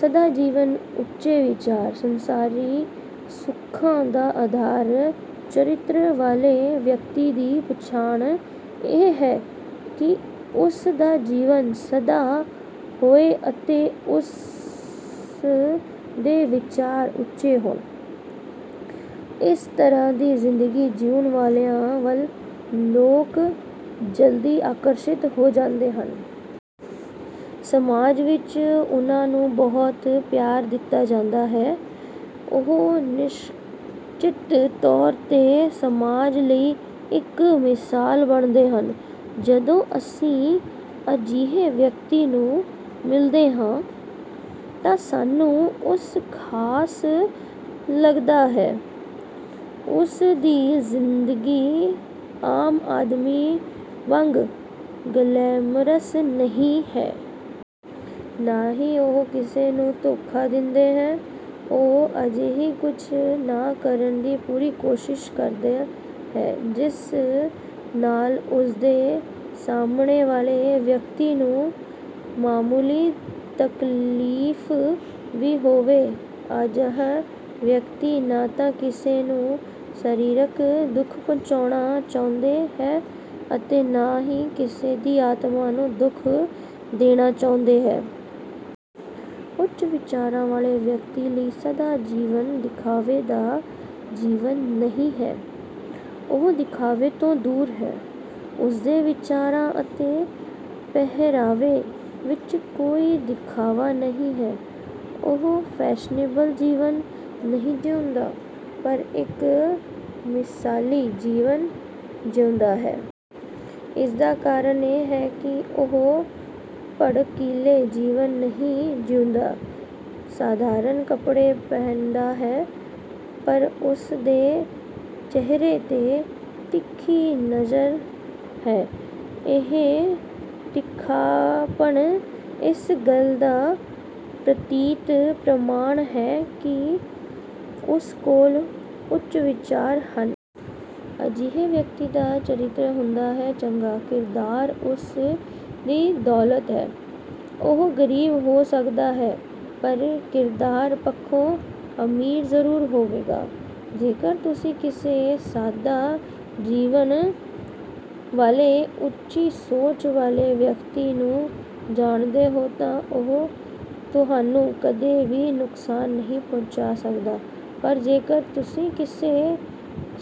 ਸਦਾ ਜੀਵਨ, ਉੱਚੇ ਵਿਚਾਰ, ਸੰਸਾਰੀ ਸੁੱਖਾਂ ਦਾ ਆਧਾਰ ਚਰਿੱਤਰ ਵਾਲੇ ਵਿਅਕਤੀ ਦੀ ਪਛਾਣ ਇਹ ਹੈ ਕਿ ਉਸ ਦਾ ਜੀਵਨ ਸਦਾ ਹੋਵੇ ਅਤੇ ਉਸ ਦੇ ਵਿਚਾਰ ਉੱਚੇ ਹੋਣ। ਇਸ ਤਰ੍ਹਾਂ ਦੀ ਜ਼ਿੰਦਗੀ ਜੀਉਣ ਵਾਲਿਆਂ ਵੱਲ ਲੋਕ ਜਲਦੀ ਆਕਰਸ਼ਿਤ ਹੋ ਜਾਂਦੇ ਹਨ। ਸਮਾਜ ਵਿੱਚ ਉਨ੍ਹਾਂ ਨੂੰ ਬਹੁਤ ਪਿਆਰ ਦਿੱਤਾ ਜਾਂਦਾ ਹੈ। ਉਹ ਨਿਸ਼ਚਿਤ ਤੌਰ 'ਤੇ ਸਮਾਜ ਲਈ ਇੱਕ ਮਿਸਾਲ ਬਣਦੇ ਹਨ। ਜਦੋਂ ਅਸੀਂ ਅਜਿਹੇ ਵਿਅਕਤੀ ਨੂੰ ਮਿਲਦੇ ਹਾਂ, ਤਾਂ ਸਾਨੂੰ ਉਸ ਖਾਸ ਲੱਗਦਾ ਹੈ। ਉਸ ਦੀ ਜ਼ਿੰਦਗੀ ਆਮ ਆਦਮੀ ਵਾਂਗ ਗਲੈਮਰਸ ਨਹੀਂ ਹੈ। ਨਾ ਹੀ ਉਹ ਕਿਸੇ ਨੂੰ ਧੋਖਾ ਦਿੰਦੇ ਹੈ। ਉਹ ਅਜਿਹਾ ਕੁਝ ਨਾ ਕਰਨ ਦੀ ਪੂਰੀ ਕੋਸ਼ਿਸ਼ ਕਰਦੇ ਹੈ ਜਿਸ ਨਾਲ ਉਸ ਦੇ ਸਾਹਮਣੇ ਵਾਲੇ ਵਿਅਕਤੀ ਨੂੰ ਮਾਮੂਲੀ ਤਕਲੀਫ ਵੀ ਹੋਵੇ। ਅਜਿਹਾ ਵਿਅਕਤੀ ਨਾ ਤਾਂ ਕਿਸੇ ਨੂੰ ਸਰੀਰਕ ਦੁੱਖ ਪਹੁੰਚਾਉਣਾ ਚਾਹੁੰਦੇ ਹੈ ਅਤੇ ਨਾ ਹੀ ਕਿਸੇ ਦੀ ਆਤਮਾ ਨੂੰ ਦੁੱਖ ਦੇਣਾ ਚਾਹੁੰਦੇ ਹੈ। ਉੱਚ ਵਿਚਾਰਾਂ ਵਾਲੇ ਵਿਅਕਤੀ ਲਈ ਸਦਾ ਜੀਵਨ ਦਿਖਾਵੇ ਦਾ ਜੀਵਨ ਨਹੀਂ ਹੈ। ਉਹ ਦਿਖਾਵੇ ਤੋਂ ਦੂਰ ਹੈ। ਉਸ ਦੇ ਵਿਚਾਰਾਂ ਅਤੇ ਪਹਿਰਾਵੇ ਵਿਚ ਕੋਈ ਦਿਖਾਵਾ ਨਹੀਂ ਹੈ। ਉਹ ਫੈਸ਼ਨੇਬਲ ਜੀਵਨ ਨਹੀਂ ਜੀਉਂਦਾ ਪਰ ਇੱਕ ਮਿਸਾਲੀ ਜੀਵਨ ਜਿਉਂਦਾ ਹੈ। ਇਸ ਦਾ ਕਾਰਨ ਇਹ ਹੈ ਕਿ ਉਹ ਭੜਕੀਲੇ ਜੀਵਨ ਨਹੀਂ ਜੀਉਂਦਾ। ਸਧਾਰਨ ਕੱਪੜੇ ਪਹਿਨਦਾ ਹੈ ਪਰ ਉਸ ਦੇ ਚਿਹਰੇ 'ਤੇ ਤਿੱਖੀ ਨਜ਼ਰ ਹੈ। ਇਹ ਤਿੱਖਾਪਣ ਇਸ ਗੱਲ ਦਾ ਪ੍ਰਤੀਤ ਪ੍ਰਮਾਣ ਹੈ ਕਿ ਉਸ ਕੋਲ ਉੱਚ ਵਿਚਾਰ ਹਨ। ਅਜਿਹੇ ਵਿਅਕਤੀ ਦਾ ਚਰਿੱਤਰ ਹੁੰਦਾ ਹੈ। ਚੰਗਾ ਕਿਰਦਾਰ ਉਸ ਦੀ ਦੌਲਤ ਹੈ। ਉਹ ਗਰੀਬ ਹੋ ਸਕਦਾ ਹੈ ਪਰ ਕਿਰਦਾਰ ਪੱਖੋਂ ਅਮੀਰ ਜ਼ਰੂਰ ਹੋਵੇਗਾ। ਜੇਕਰ ਤੁਸੀਂ ਕਿਸੇ ਸਾਦਾ ਜੀਵਨ ਵਾਲੇ ਉੱਚੀ ਸੋਚ ਵਾਲੇ ਵਿਅਕਤੀ ਨੂੰ ਜਾਣਦੇ ਹੋ ਤਾਂ ਉਹ ਤੁਹਾਨੂੰ ਕਦੇ ਵੀ ਨੁਕਸਾਨ ਨਹੀਂ ਪਹੁੰਚਾ ਸਕਦਾ ਪਰ ਜੇਕਰ ਤੁਸੀਂ ਕਿਸੇ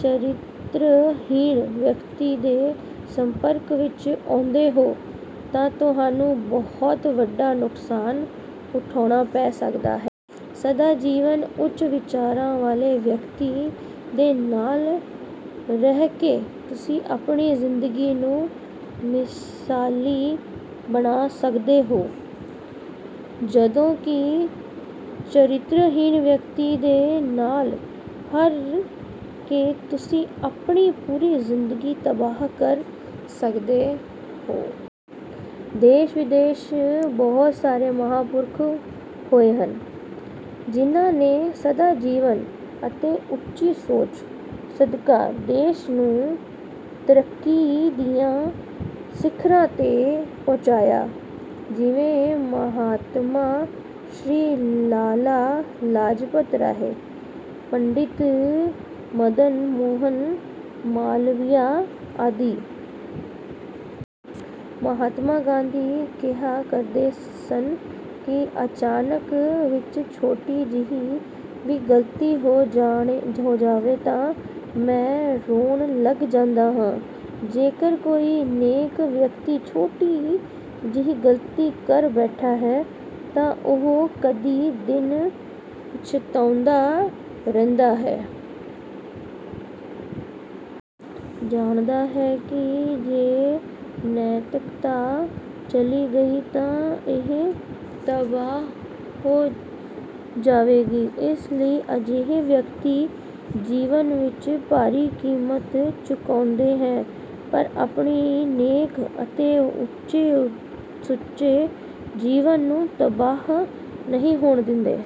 ਚਰਿੱਤਰਹੀਣ ਵਿਅਕਤੀ ਦੇ ਸੰਪਰਕ ਵਿੱਚ ਆਉਂਦੇ ਹੋ ਤਾਂ ਤੁਹਾਨੂੰ ਬਹੁਤ ਵੱਡਾ ਨੁਕਸਾਨ ਉਠਾਉਣਾ ਪੈ ਸਕਦਾ ਹੈ। ਸਦਾ ਜੀਵਨ: ਉੱਚ ਵਿਚਾਰਾਂ ਵਾਲੇ ਵਿਅਕਤੀ ਦੇ ਨਾਲ ਰਹਿ ਕੇ ਤੁਸੀਂ ਆਪਣੀ ਜ਼ਿੰਦਗੀ ਨੂੰ ਮਿਸਾਲੀ ਬਣਾ ਸਕਦੇ ਹੋ ਜਦੋਂ ਕਿ ਚਰਿੱਤਰਹੀਣ ਵਿਅਕਤੀ ਦੇ ਨਾਲ ਹਰ ਕੇ ਤੁਸੀਂ ਆਪਣੀ ਪੂਰੀ ਜ਼ਿੰਦਗੀ ਤਬਾਹ ਕਰ ਸਕਦੇ ਹੋ। ਦੇਸ਼ ਵਿਦੇਸ਼ ਬਹੁਤ ਸਾਰੇ ਮਹਾਪੁਰਖ ਹੋਏ ਹਨ, ਜਿਨ੍ਹਾਂ ਨੇ ਸਦਾ ਜੀਵਨ ਅਤੇ ਉੱਚੀ ਸੋਚ ਸਦਕਾ ਦੇਸ਼ ਨੂੰ ਤਰੱਕੀ ਦੀਆਂ ਸ਼ਿਖਰਾਂ 'ਤੇ ਪਹੁੰਚਾਇਆ। ਜਿਵੇਂ ਮਹਾਤਮਾ ਸ਼੍ਰੀ ਲਾਲਾ ਲਾਜਪਤ ਰਾਏ, ਪੰਡਿਤ ਮਦਨ ਮੋਹਨ ਮਾਲਵੀਆ ਆਦਿ। ਮਹਾਤਮਾ ਗਾਂਧੀ ਕਿਹਾ ਕਰਦੇ ਸਨ ਕਿ ਅਚਾਨਕ ਵਿੱਚ ਛੋਟੀ ਜਿਹੀ ਵੀ ਗਲਤੀ ਹੋ ਜਾਵੇ ਤਾਂ ਮੈਂ ਰੋਣ ਲੱਗ ਜਾਂਦਾ ਹਾਂ। ਜੇਕਰ ਕੋਈ ਨੇਕ ਵਿਅਕਤੀ ਛੋਟੀ ਜਿਹੀ ਗਲਤੀ ਕਰ ਬੈਠਾ ਹੈ, ਤਾਂ ਉਹ ਕਦੀ ਦਿਨ ਪਛਤਾਉਂਦਾ ਰਹਿੰਦਾ ਹੈ। ਜਾਣਦਾ ਹੈ ਕਿ ਜੇ ਨੈਤਿਕਤਾ ਚਲੀ ਗਈ ਤਾਂ ਇਹ ਤਬਾਹ ਹੋ ਜਾਵੇਗੀ। ਇਸ ਲਈ ਅਜਿਹੇ ਵਿਅਕਤੀ ਜੀਵਨ ਵਿੱਚ ਭਾਰੀ ਕੀਮਤ ਚੁਕਾਉਂਦੇ ਹੈ ਪਰ ਆਪਣੀ ਨੇਕ ਅਤੇ ਉੱਚੇ-ਸੁੱਚੇ ਜੀਵਨ ਨੂੰ ਤਬਾਹ ਨਹੀਂ ਹੋਣ ਦਿੰਦੇ।